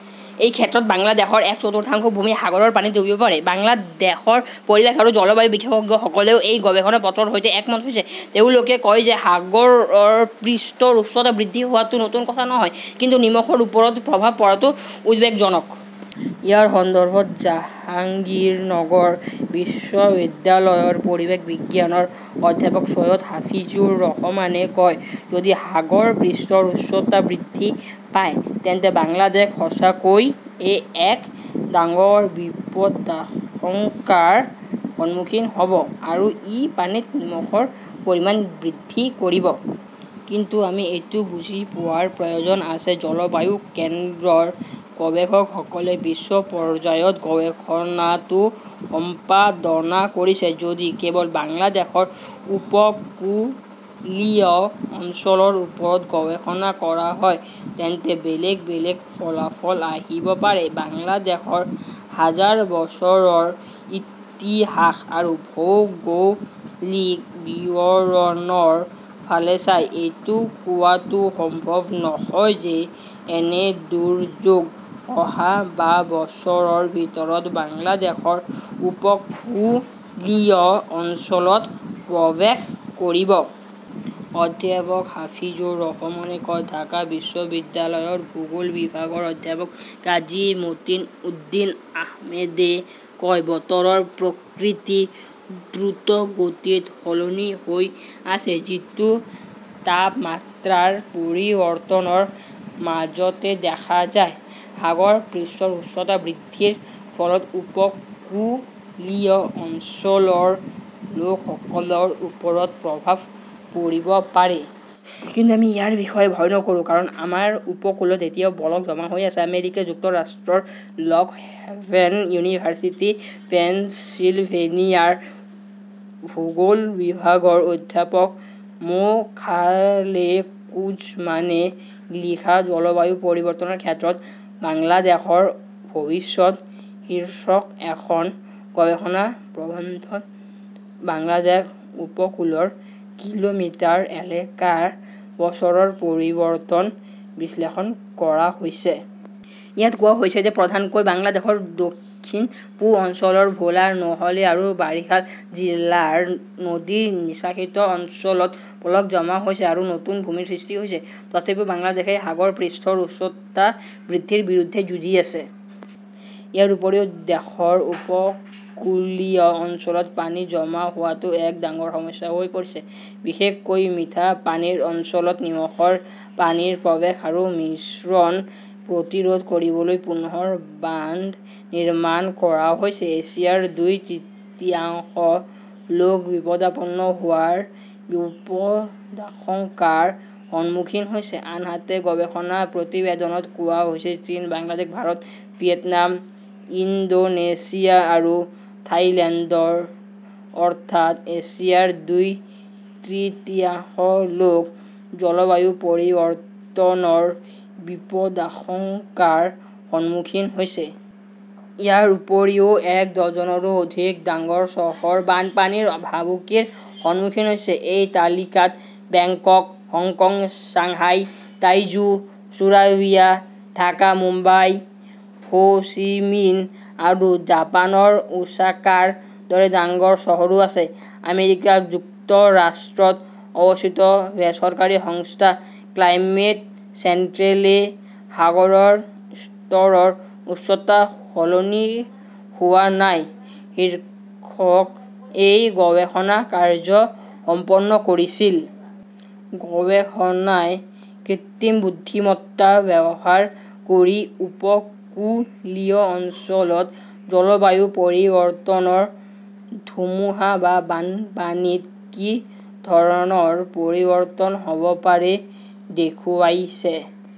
এই ক্ষেত্ৰত বাংলাদেশৰ এক চতুৰ্থাংশ ভূমি সাগৰৰ পানীত ডুবিব পাৰে। বাংলাদেশৰ পৰিৱেশ আৰু জলবায়ু বিশেষজ্ঞসকলেও এই গৱেষণা পত্ৰৰ সৈতে একমত হৈছে। তেওঁলোকে কয় যে সাগৰ পৃষ্ঠৰ উচ্চতা বৃদ্ধি হোৱাটো নতুন কথা নহয় কিন্তু নিমখৰ ওপৰত প্ৰভাৱ পৰাটো উদ্বেগজনক। ইয়াৰ সন্দৰ্ভত জাহাংগীৰনগৰ বিশ্ববিদ্যালয়ৰ পৰিৱেশ বিজ্ঞানৰ অধ্যাপক চৈয়দ হাফিজুৰ ৰহমানে কয়, "যদি সাগৰ পৃষ্ঠৰ উচ্চতা বৃদ্ধি পায় তেন্তে বাংলাদেশ সঁচাকৈয়ে এক ডাঙৰ বিপদাশংকাৰ সন্মুখীন হ" ব আৰু ই পানীত নিমখৰ পৰিমাণ বৃদ্ধি কৰিব। কিন্তু আমি এইটো বুজি পোৱাৰ প্ৰয়োজন আছে, জলবায়ু কেন্দ্ৰৰ গৱেষকসকলে বিশ্ব পৰ্যায়ত গৱেষণাটো সম্পাদনা কৰিছে। যদি কেৱল বাংলাদেশৰ উপকূলীয় অঞ্চলৰ ওপৰত গৱেষণা কৰা হয়, তেন্তে বেলেগ বেলেগ ফলাফল আহিব পাৰে। "বাংলাদেশৰ হাজাৰ বছৰৰ ইতিহাস আৰু ভৌগোলিক বিৱৰণৰ ফালে চাই, এইটো কোৱাটো সম্ভৱ নহয় যে এনে দুৰ্যোগ অহা বা বছৰৰ ভিতৰত বাংলাদেশৰ উপকূলীয় অঞ্চলত প্ৰৱেশ কৰিব।" অধ্যাপক হাফিজুৰ ৰহমানে কয়। ঢাকা বিশ্ববিদ্যালয়ৰ ভূগোল বিভাগৰ অধ্যাপক কাজী মতিন উদ্দীন আহমেদে কয়, বতৰৰ প্ৰকৃতি দ্ৰুতগতিত সলনি হৈ আছে যিটো তাপমাত্ৰাৰ পৰিৱৰ্তনৰ মাজতে দেখা যায়। সাগৰ পৃষ্ঠৰ উচ্চতা বৃদ্ধিৰ ফলত উপকূলীয় অঞ্চলৰ লোকসকলৰ ওপৰত প্ৰভাৱ পৰিব পাৰে। কিন্তু আমি ইয়াৰ বিষয়ে ভয় নকৰো কাৰণ আমাৰ উপকূলত এতিয়াও পলস জমা হৈ আছে। "আমেৰিকা যুক্তৰাষ্ট্ৰৰ" লক হেভেন ইউনিভাৰ্চিটি পেনচিলভেনিয়া "ৰ ভূগোল বিভাগৰ অধ্যাপক মো. খালেকুজ্জমানে লিখা "জলবায়ু পৰিৱৰ্তনৰ ক্ষেত্ৰত বাংলাদেশৰ ভৱিষ্যত" শীৰ্ষক এখন গৱেষণা প্ৰবন্ধত বাংলাদেশ উপকূলৰ কিলোমিটাৰ এলেকাৰ বছৰৰ পৰিৱৰ্তন বিশ্লেষণ কৰা হৈছে। ইয়াত কোৱা হৈছে যে প্ৰধানকৈ বাংলাদেশৰ দক্ষিণ-পূব অঞ্চলৰ ভোলা, নোহলী আৰু বাৰিছাল জিলাৰ নদী নিষ্কাশিত অঞ্চলত পলস জমা হৈছে আৰু নতুন ভূমিৰ সৃষ্টি হৈছে। তথাপিও বাংলাদেশই সাগৰ পৃষ্ঠৰ উচ্চতা বৃদ্ধিৰ বিৰুদ্ধে যুঁজি আছে। ইয়াৰ উপৰিও, দেশৰ উপকূলীয় অঞ্চলত পানী জমা হোৱাটো এক ডাঙৰ সমস্যা হৈ পৰিছে। বিশেষকৈ মিঠা পানীৰ অঞ্চলত নিমখৰ পানীৰ প্ৰৱেশ আৰু মিশ্ৰণ প্ৰতিৰোধ কৰিবলৈ পুনৰ বান্ধ নিৰ্মাণ কৰা হৈছে। এছিয়াৰ দুই তৃতীয়াংশ লোক বিপদাপন্ন হোৱাৰ বিপদাশংকাৰ সন্মুখীন হৈছে, আনহাতে গৱেষণা প্ৰতিবেদনত কোৱা হৈছে-চীন, বাংলাদেশ, ভাৰত, ভিয়েটনাম, ইণ্ডোনেছিয়া আৰু থাইলেণ্ডৰ অৰ্থাৎ এছিয়াৰ দুই তৃতীয়াংশ লোক জলবায়ু পৰিৱৰ্তনৰ বিপদাশংকাৰ সন্মুখীন হৈছে। ইয়াৰ উপৰিও এক ডজনৰো অধিক ডাঙৰ চহৰ বানপানীৰ ভাবুকিৰ সন্মুখীন হৈছে। এই তালিকাত Bangkok, Hong Kong, Shanghai, Taizhou, Surabaya, Dhaka, Mumbai, Ho Chi মিন আৰু জাপানৰ ওছাকাৰ দৰে ডাঙৰ চহৰো আছে। আমেৰিকা যুক্তৰাষ্ট্ৰত অৱস্থিত বেচৰকাৰী সংস্থা ক্লাইমেট চেণ্ট্ৰেলে "সাগৰৰ স্তৰৰ উচ্চতা সলনি হোৱা নাই" শীৰ্ষক এই গৱেষণা কাৰ্য্য সম্পন্ন কৰিছিল। গৱেষণাই কৃত্ৰিম বুদ্ধিমত্তা ব্যৱহাৰ কৰি উপকূলীয় অঞ্চলত জলবায়ু পৰিৱৰ্তনৰ ধুমুহা বা বানপানীত কি ধৰণৰ পৰিৱৰ্তন হ'ব পাৰে দেখুৱাইছে।